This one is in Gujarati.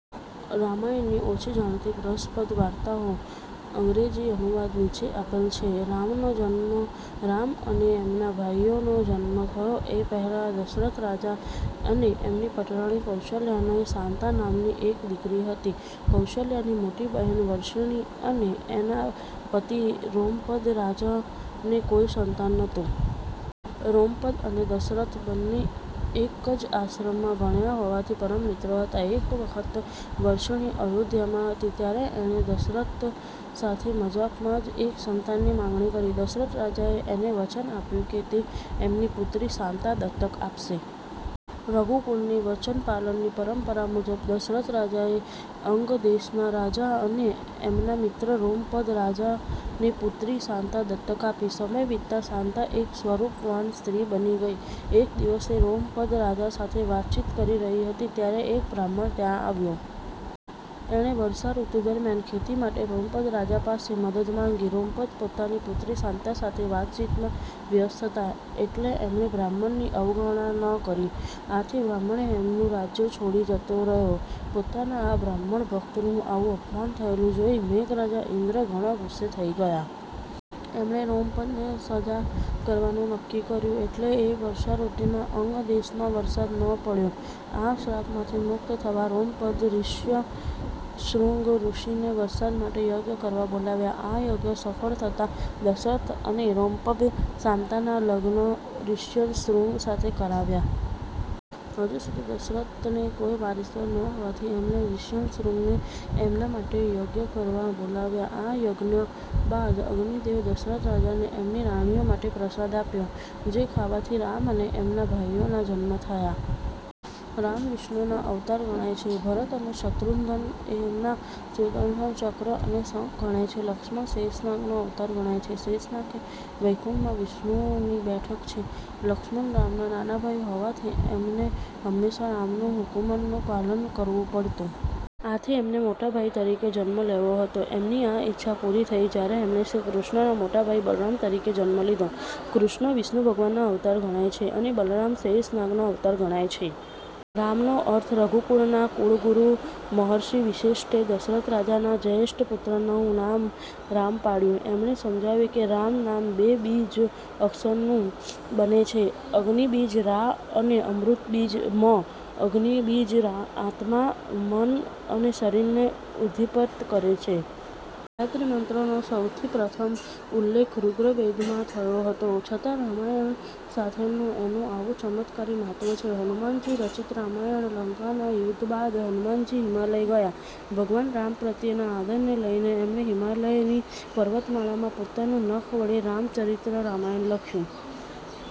રામાયણની ઓછી જાણીતી રસપ્રદ વાર્તાઓ અંગ્રેજી અનુવાદ નીચે આપેલ છે રામનો જન્મ રામ અને એમના ભાઈઓનો જન્મ થયો એ પહેલાં દશરથ રાજા અને એમની પટરાણી કૌશલ્યાને શાંતા નામની એક દીકરી હતી. કૌશલ્યાની મોટી બહેન વર્ષિણી અને એના પતિ રોમપદ રાજાને કોઈ સંતાન નહોતું. રોમપદ અને દશરથ બંને એક જ આશ્રમમાં ભણ્યા હોવાથી પરમ મિત્રો હતા. એક વખત વર્ષિણી અયોધ્યામાં હતી ત્યારે એણે દશરથ સાથે મજાકમાં જ એક સંતાનની માંગણી કરી. દશરથ રાજાએ એને વચન આપ્યું કે તે એમની પુત્રી શાંતા દત્તક આપશે. રઘુકુળની વચન પાલનની પરંપરા મુજબ દશરથ રાજાએ અંગદેશના રાજા અને એમના મિત્ર રોમપદ રાજાને પુત્રી શાંતા દત્તક આપી. સમય વીતતાં શાંતા એક સ્વરૂપવાન સ્ત્રી બની ગઈ. એક દિવસ એ રોમપદ રાજા સાથે વાતચીત કરી રહી હતી ત્યારે એક બ્રાહ્મણ ત્યાં આવ્યો. એણે વર્ષા ઋતુ દરમ્યાન ખેતી માટે રોમપદ રાજા પાસે મદદ માંગી. રોમપદ પોતાની પુત્રી શાંતા સાથે વાતચીતમાં વ્યસ્ત હતા એટલે એમણે બ્રાહ્મણની અવગણના કરી. આથી બ્રાહ્મણ એમનું રાજય છોડી જતો રહ્યો. પોતાના આ બ્રાહ્મણ ભકતનું આવું અપમાન થયેલું જોઇને મેઘરાજ ઇન્દ્ર ઘણા ગુસ્સે થઇ ગયા. એમણે રોમપદને સજા કરવાનું નક્કી કર્યું એટલે એ વર્ષા ઋતુમાં અંગદેશમાં વરસાદ ન પડ્યો. આ શ્રાપમાંથી મુકત થવા રોમપદે રિશ્યશ્રુંગ ઋષિને વરસાદ માટે યજ્ઞ કરવા બોલાવ્યા. આ યજ્ઞ સફળ થતાં, દશરથ અને રોમપદે શાંતાના લગ્ન રિશ્યશ્રુંગ સાથે કરાવ્યાં. હજી સુધી દશરથને કોઈ વારસદાર ન હોવાથી એમણે રિશ્યશ્રુંગને એમના માટે પણ યજ્ઞ કરવા બોલાવ્યા. આ યજ્ઞ બાદ અગ્નિ દેવે દશરથ રાજાને એમની રાણીઓ માટે પ્રસાદ આપ્યો જે ખાવાથી રામ અને એમના ભાઈઓના જન્મ થયા. રામ વિષ્ણુના અવતાર ગણાય છે. ભરત અને શત્રુઘ્ન એમના સુદર્શન ચક્ર અને શંખ ગણાય છે. લક્ષ્મણ શેષનાગનો અવતાર ગણાય છે. શેષનાગ એ વૈકુંઠમાં વિષ્ણુની બેઠક છે. લક્ષ્મણ રામના નાના ભાઈ હોવાથી એમને હંમેશાં રામના હુકમોનું પાલન કરવું પડતું. આથી એમને મોટા ભાઈ તરીકે જન્મ લેવો હતો. એમની આ ઈચ્છા પૂરી થઇ જયારે એમણે શ્રીકૃષ્ણના મોટા ભાઈ બલરામ તરીકે જન્મ લીધો. કૃષ્ણ વિષ્ણુના અવતાર ગણાય છે અને બલરામ શેષનાગના અવતાર ગણાય છે. રામ નામનો અર્થ રઘુકુળના કુળગુરૂ મહર્ષિ વશિષ્ઠે દશરથ રાજાના જયેષ્ઠ પુત્રનું નામ રામ પાડ્યું. એમણે સમજાવ્યું કે 'રામ' નામ બે બીજ અક્ષરનું બને છે અગ્નિ બીજ 'રા' અને અમૃત બીજ 'મ'. અગ્નિ બીજ આત્મા, મન અને શરીરને ઉદ્દીપ્ત કરે છે. ગાયત્રી મંત્રનો સૌપ્રથમ ઉલ્લેખ ઋગ્વેદમાં થયો હતો છતાં રામાયણ સાથેનું એનું આવું ચમત્કારી મહત્વ છે. હનુમાનજી રચિત રામાયણ લંકાના યુદ્ધ બાદ હનુમાનજી હિમાલય ગયા. ભગવાન રામ પ્રત્યેના આદરને લઈને એમણે હિમાલયની પર્વતમાળામાં પોતાના નખ વડે રામ ચરિત રામાયણ લખ્યું.